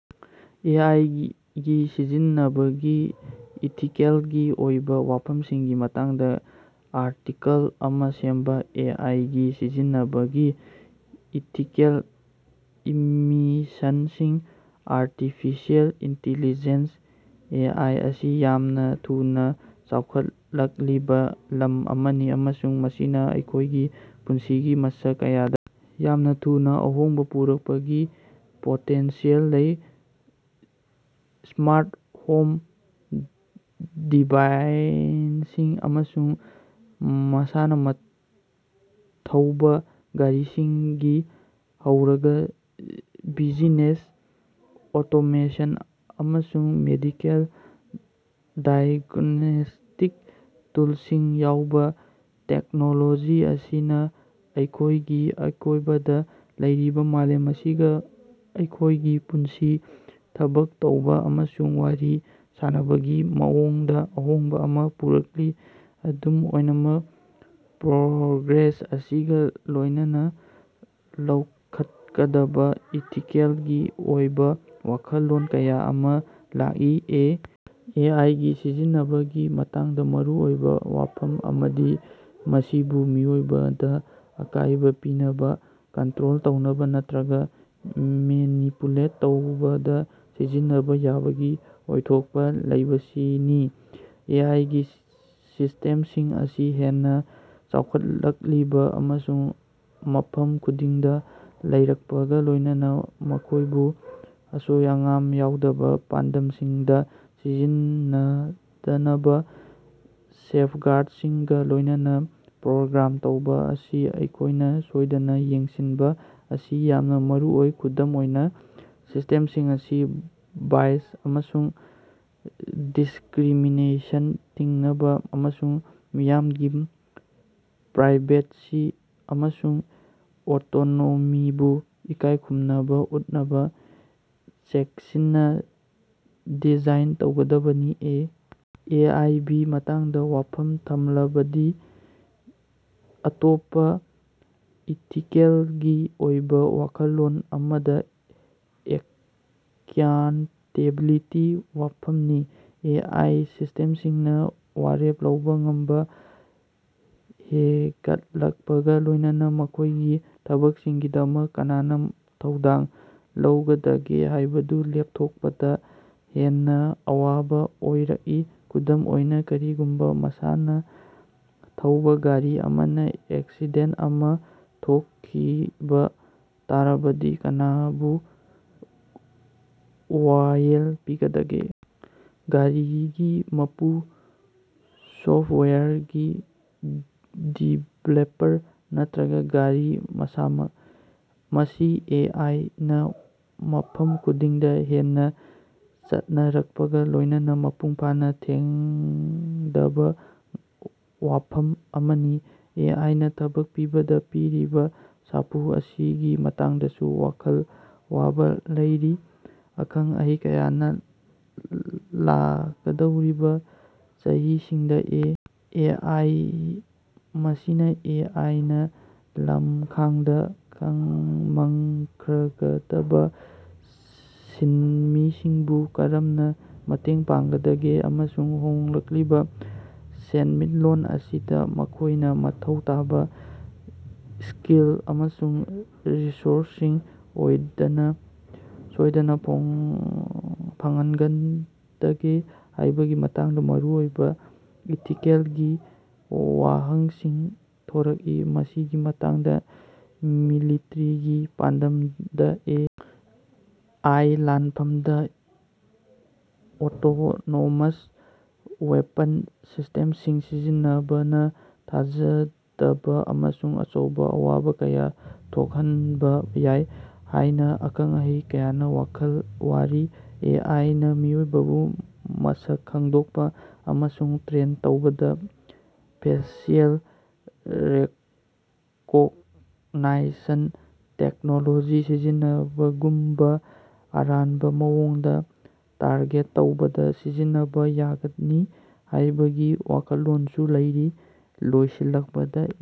ꯑꯦ. I. ꯒꯤ ꯁꯤꯖꯤꯟꯅꯕꯒꯤ ꯏꯊꯤꯀꯦꯜꯒꯤ ꯑꯣꯏꯕꯥ ꯋꯥꯐꯝꯁꯤꯡꯒꯤ ꯃꯇꯥꯡꯗꯥ ꯑꯥꯔꯇꯤꯀꯜ ꯑꯃꯥ ꯁꯦꯝꯕꯥ꯫ ꯑꯦ. ꯑꯥꯏ. ꯒꯤ ꯁꯤꯖꯤꯟꯅꯕꯒꯤ ꯏꯊꯤꯀꯦꯜ ꯏꯝꯃꯤꯁꯟꯁꯤꯡ ꯑꯥꯔꯇꯤꯐꯤꯁꯤꯑꯦꯜ ꯏꯟꯇꯤꯂꯤꯖꯦꯟꯁ (ꯑꯦ. ꯑꯥꯏ.) ꯑꯁꯤ ꯌꯥꯝꯅꯥ ꯊꯨꯅꯥ ꯆꯥꯎꯈꯠꯂꯛꯂꯤꯕꯥ ꯂꯝ ꯑꯃꯅꯤ ꯑꯃꯁꯨꯡ ꯃꯁꯤꯅꯥ ꯑꯩꯈꯣꯏꯒꯤ ꯄꯨꯟꯁꯤꯒꯤ ꯃꯁꯛ ꯀꯌꯥꯗꯥ ꯌꯥꯝꯅꯥ ꯊꯨꯅꯥ ꯑꯍꯣꯡꯕꯥ ꯄꯨꯔꯛꯄꯒꯤ ꯄꯣꯇꯦꯟꯁꯤꯌꯦꯜ ꯂꯩ꯫ ꯁ꯭ꯃꯥꯔꯠ ꯍꯣꯝ ꯗꯤꯚꯥꯏꯟꯁꯤꯡ ꯑꯃꯁꯨꯡ ꯃꯁꯥꯅ ꯊꯧꯕꯥ ꯒꯥꯔꯤꯁꯤꯡꯗꯒꯤ ꯍꯧꯔꯒꯥ ꯕꯤꯖꯤꯅꯦꯁ ꯑꯣꯇꯣꯃꯦꯁꯟ ꯑꯃꯁꯨꯡ ꯃꯦꯗꯤꯀꯦꯜ ꯗꯥꯏꯒ꯭ꯅꯣꯁ꯭ꯇꯤꯛ ꯇꯨꯜꯁꯤꯡ ꯌꯎꯕꯥ, ꯇꯦꯛꯅꯣꯂꯣꯖꯤ ꯑꯁꯤꯅꯥ ꯑꯩꯈꯣꯏꯒꯤ ꯑꯀꯣꯏꯕꯗꯥ ꯂꯩꯔꯤꯕꯥ ꯃꯥꯂꯦꯝ ꯑꯁꯤꯒꯥ ꯑꯩꯈꯣꯏꯒꯤ ꯄꯨꯟꯁꯤ, ꯊꯕꯛ ꯇꯧꯕꯥ ꯑꯃꯁꯨꯡ ꯋꯥꯔꯤ ꯁꯥꯅꯕꯒꯤ ꯃꯑꯣꯡꯗꯥ ꯑꯍꯣꯡꯕꯥ ꯑꯃꯥ ꯄꯨꯔꯛꯂꯤ꯫ ꯑꯗꯨꯝ ꯑꯣꯏꯅꯃꯛ, ꯄ꯭ꯔꯣꯒ꯭ꯔꯦꯁ ꯑꯁꯤꯒꯥ ꯂꯣꯏꯅꯅꯥ ꯂꯧꯈꯠꯀꯗꯕꯥ ꯏꯊꯤꯀꯦꯜꯒꯤ ꯑꯣꯏꯕꯥ ꯋꯥꯈꯜꯂꯣꯟ ꯀꯌꯥ ꯑꯃꯥ ꯂꯥꯛꯏ꯫ ꯑꯦ. ꯑꯥꯏ. ꯒꯤ ꯁꯤꯖꯤꯟꯅꯕꯒꯤ ꯃꯇꯥꯡꯗꯥ ꯃꯔꯨꯑꯣꯏꯕꯥ ꯋꯥꯐꯝ ꯑꯃꯗꯤ ꯃꯁꯤꯕꯨ ꯃꯤꯑꯣꯏꯕꯗꯥ ꯑꯀꯥꯏꯕꯥ ꯄꯤꯅꯕꯥ, ꯀꯟꯇꯔꯣꯜ ꯇꯧꯅꯕꯥ ꯅꯠꯇꯔꯒꯥ ꯃꯦꯅꯤꯄꯨꯂꯦꯠ ꯇꯧꯕꯗꯥ ꯁꯤꯖꯤꯟꯅꯕꯥ ꯌꯥꯕꯒꯤ ꯑꯣꯏꯊꯣꯛꯄꯥ ꯂꯩꯕꯁꯤꯅꯤ꯫ ꯑꯦ. ꯑꯥꯏ. ꯒꯤ ꯁꯤꯁ꯭ꯇꯦꯝꯁꯤꯡ ꯑꯁꯤ ꯍꯦꯟꯅꯥ ꯆꯥꯎꯈꯠꯂꯛꯂꯤꯕꯥ ꯑꯃꯁꯨꯡ ꯃꯐꯝ ꯈꯨꯗꯤꯡꯗꯥ ꯂꯩꯔꯛꯄꯒꯥ ꯂꯣꯏꯅꯅꯥ, ꯃꯈꯣꯏꯕꯨ ꯑꯁꯣꯏ-ꯑꯉꯥꯝ ꯌꯥꯎꯗꯕꯥ ꯄꯥꯟꯗꯝꯁꯤꯡꯗꯥ ꯁꯤꯖꯤꯟꯅꯗꯅꯕꯥ ꯁꯦꯐꯒꯥꯔꯗꯁꯤꯡꯒꯥ ꯂꯣꯌꯏꯅꯥ ꯄ꯭ꯔꯣꯒ꯭ꯔꯥꯝ ꯇꯧꯕꯥ ꯑꯁꯤ ꯑꯩꯈꯣꯏꯅꯥ ꯁꯣꯏꯗꯅꯥ ꯌꯦꯡꯁꯤꯟꯕꯥ ꯑꯁꯤ ꯌꯥꯝꯅꯥ ꯃꯔꯨꯑꯣꯏ꯫ ꯈꯨꯗꯝ ꯑꯣꯏꯅꯥ, ꯁꯤꯁ꯭ꯇꯦꯝꯁꯤꯡ ꯑꯁꯤ ꯕꯥꯏꯁ ꯑꯃꯁꯨꯡ ꯗꯤꯁꯀꯔꯤꯃꯤꯅꯦꯁꯟ ꯊꯤꯡꯅꯕꯥ, ꯑꯃꯁꯨꯡ ꯃꯤꯌꯥꯝꯒꯤ ꯄ꯭ꯔꯥꯏꯚꯦꯁꯤ ꯑꯃꯁꯨꯡ ꯑꯣꯇꯣꯅꯣꯃꯤꯕꯨ ꯏꯀꯥꯏꯈꯨꯝꯅꯕꯥ ꯎꯠꯅꯕꯥ ꯆꯦꯛꯁꯤꯟꯅꯥ ꯗꯤꯖꯥꯏꯟ ꯇꯧꯒꯗꯕꯅꯤ꯫ ꯑꯦ. ꯑꯥꯏ. ꯒꯤ ꯃꯇꯥꯡꯗꯥ ꯋꯥꯐꯝ ꯊꯝꯂꯕꯗꯤ ꯑꯇꯣꯞꯄꯥ ꯏꯊꯤꯀꯦꯜꯒꯤ ꯑꯣꯏꯕꯥ ꯋꯥꯈꯜꯂꯣꯟ ꯑꯃꯗꯤ ꯑꯦꯀꯥꯎꯟꯇꯦꯕꯤꯂꯤꯇꯤꯒꯤ ꯋꯥꯐꯝꯅꯤ꯫ ꯑꯦ. ꯑꯥꯏ. ꯁꯤꯁ꯭ꯇꯦꯝꯁꯤꯡꯅꯥ ꯋꯥꯔꯦꯞ ꯂꯧꯕꯥ ꯉꯝꯕꯥ ꯍꯦꯒꯠꯂꯛꯄꯒꯥ ꯂꯣꯏꯅꯅꯥ ꯃꯈꯣꯏꯒꯤ ꯊꯕꯛꯁꯤꯡꯒꯤꯗꯃꯛ ꯀꯅꯅꯥ ꯊꯧꯗꯥꯡ ꯂꯧꯒꯗꯒꯦ ꯍꯥꯏꯕꯗꯨ ꯂꯦꯞꯊꯣꯛꯄꯗꯥ ꯍꯦꯟꯅꯥ ꯑꯋꯥꯕꯥ ꯑꯣꯏꯔꯛꯏ꯫ ꯈꯨꯗꯝ ꯑꯣꯏꯅꯥ, ꯀꯔꯤꯒꯨꯝꯕꯥ ꯃꯁꯥꯅ ꯊꯧꯕꯥ ꯒꯥꯔꯤ ꯑꯃꯅꯥ ꯑꯦꯛꯁꯤꯗꯦꯟ ꯑꯃꯥ ꯊꯣꯈꯤꯕꯥ ꯇꯥꯔꯕꯗꯤ ꯀꯅꯥꯕꯨ ꯋꯥꯌꯦꯜ ꯄꯤꯒꯗꯒꯦ? ꯒꯥꯔꯤꯒꯤ ꯃꯄꯨ, ꯁꯣꯐꯋꯦꯌꯔꯒꯤ ꯗꯤꯕꯦꯂꯄꯔ ꯅꯠꯇꯔꯒꯥ ꯒꯥꯔꯤ ꯃꯁꯥꯃꯛ? ꯃꯁꯤ ꯑꯦ. ꯑꯥꯏ. ꯅꯥ ꯃꯐꯝ ꯈꯨꯗꯤꯡꯗꯥ ꯍꯦꯟꯅꯥ ꯆꯠꯅꯔꯛꯄꯒꯥ ꯂꯣꯏꯅꯅꯥ ꯃꯄꯨꯡ ꯐꯥꯅꯥ ꯊꯦꯡꯉꯗꯕꯥ ꯋꯥꯐꯝ ꯑꯃꯅꯤ꯫ ꯑꯦ. ꯑꯥꯏ. ꯅꯥ ꯊꯕꯛ ꯄꯤꯕꯗꯥ ꯄꯤꯔꯤꯕꯥ ꯁꯥꯐꯨ ꯑꯁꯤꯒꯤ ꯃꯇꯥꯡꯗꯁꯨ ꯋꯥꯈꯜ ꯋꯥꯕꯥ ꯂꯩꯔꯤ꯫ ꯑꯈꯪ -ꯑꯍꯩ ꯀꯌꯥꯅ ꯂꯥꯛꯀꯗꯧꯔꯤꯕꯥ ꯆꯍꯤꯁꯤꯡꯗꯥ ꯑꯦ. ꯑꯥꯏ. ꯃꯁꯤꯅꯥ ꯑꯦ. ꯑꯥꯏ. ꯅꯥ ꯂꯃꯈꯥꯡꯗ ꯃꯪꯈꯔꯒꯗꯕꯥ ꯁꯤꯟꯃꯤꯁꯤꯡꯕꯨ ꯀꯔꯝꯅꯥ ꯃꯇꯦꯡ ꯄꯥꯡꯒꯗꯒꯦ ꯑꯃꯁꯨꯡ ꯍꯣꯡꯂꯛꯂꯤꯕ ꯁꯦꯟꯃꯤꯠꯂꯣꯟ ꯑꯁꯤꯗꯥ ꯃꯈꯣꯏꯅꯥ ꯃꯊꯧ ꯇꯥꯕꯥ ꯁ꯭ꯀꯤꯜ ꯑꯃꯁꯨꯡ ꯔꯤꯁꯣꯔꯁꯁꯤꯡ ꯁꯣꯏꯗꯅꯥ ꯐꯪꯍꯟꯒꯗꯒꯦ ꯍꯥꯏꯕꯒꯤ ꯃꯇꯥꯡꯗ ꯃꯔꯨꯑꯣꯏꯕꯥ ꯏꯊꯤꯀꯦꯜꯒꯤ ꯋꯥꯍꯪꯁꯤꯡ ꯊꯣꯔꯛꯏ꯫ ꯃꯁꯤꯒꯤ ꯃꯊꯛꯇꯥ, ꯃꯤꯂꯤꯇꯔꯤꯒꯤ ꯄꯥꯟꯗꯝꯗꯥ ꯑꯦ. ꯑꯥꯏ. ꯂꯥꯟꯐꯝꯗꯥ ꯑꯣꯇꯣꯅꯣꯃꯁ ꯋꯦꯄꯟ ꯁꯤꯁ꯭ꯇꯦꯃꯁꯤꯡ ꯁꯤꯖꯤꯟꯅꯕꯅꯥ ꯊꯥꯖꯗꯕꯥ ꯑꯃꯁꯨꯡ ꯑꯆꯧꯕꯥ ꯑꯋꯥꯕꯥ ꯀꯌꯥ ꯊꯣꯛꯍꯟꯕꯥ ꯌꯥꯏ ꯍꯥꯏꯅꯥ ꯑꯈꯪ-ꯑꯍꯩ ꯀꯌꯥꯅ ꯋꯥꯈꯜ ꯋꯥꯔꯤ꯫ ꯑꯦ. ꯑꯥꯏ. ꯅꯥ ꯃꯤꯑꯣꯏꯕꯕꯨ ꯃꯁꯛ ꯈꯪꯗꯣꯛꯄꯥ ꯑꯃꯁꯨꯡ ꯇ꯭ꯔꯦꯟ ꯇꯧꯕꯗꯥ ꯐꯦꯁꯤꯑꯦꯜ ꯔꯤꯀꯣꯛꯒꯅꯥꯏꯁꯟ ꯇꯦꯛꯅꯣꯂꯣꯖꯤ ꯁꯤꯖꯤꯟꯅꯕꯒꯨꯝꯕꯥ ꯑꯔꯥꯟꯕꯥ ꯃꯑꯣꯡꯗꯥ ꯇꯥꯔꯒꯦꯠ ꯇꯧꯕꯗꯥ ꯁꯤꯖꯤꯟꯅꯕꯥ ꯌꯥꯒꯅꯤ ꯍꯥꯏꯕꯒꯤ ꯋꯥꯈꯜꯂꯣꯟꯁꯨ ꯂꯩꯔꯤ꯫ ꯂꯣꯏꯁꯤꯜꯂꯛꯄꯗꯥ, ꯑꯦ꯫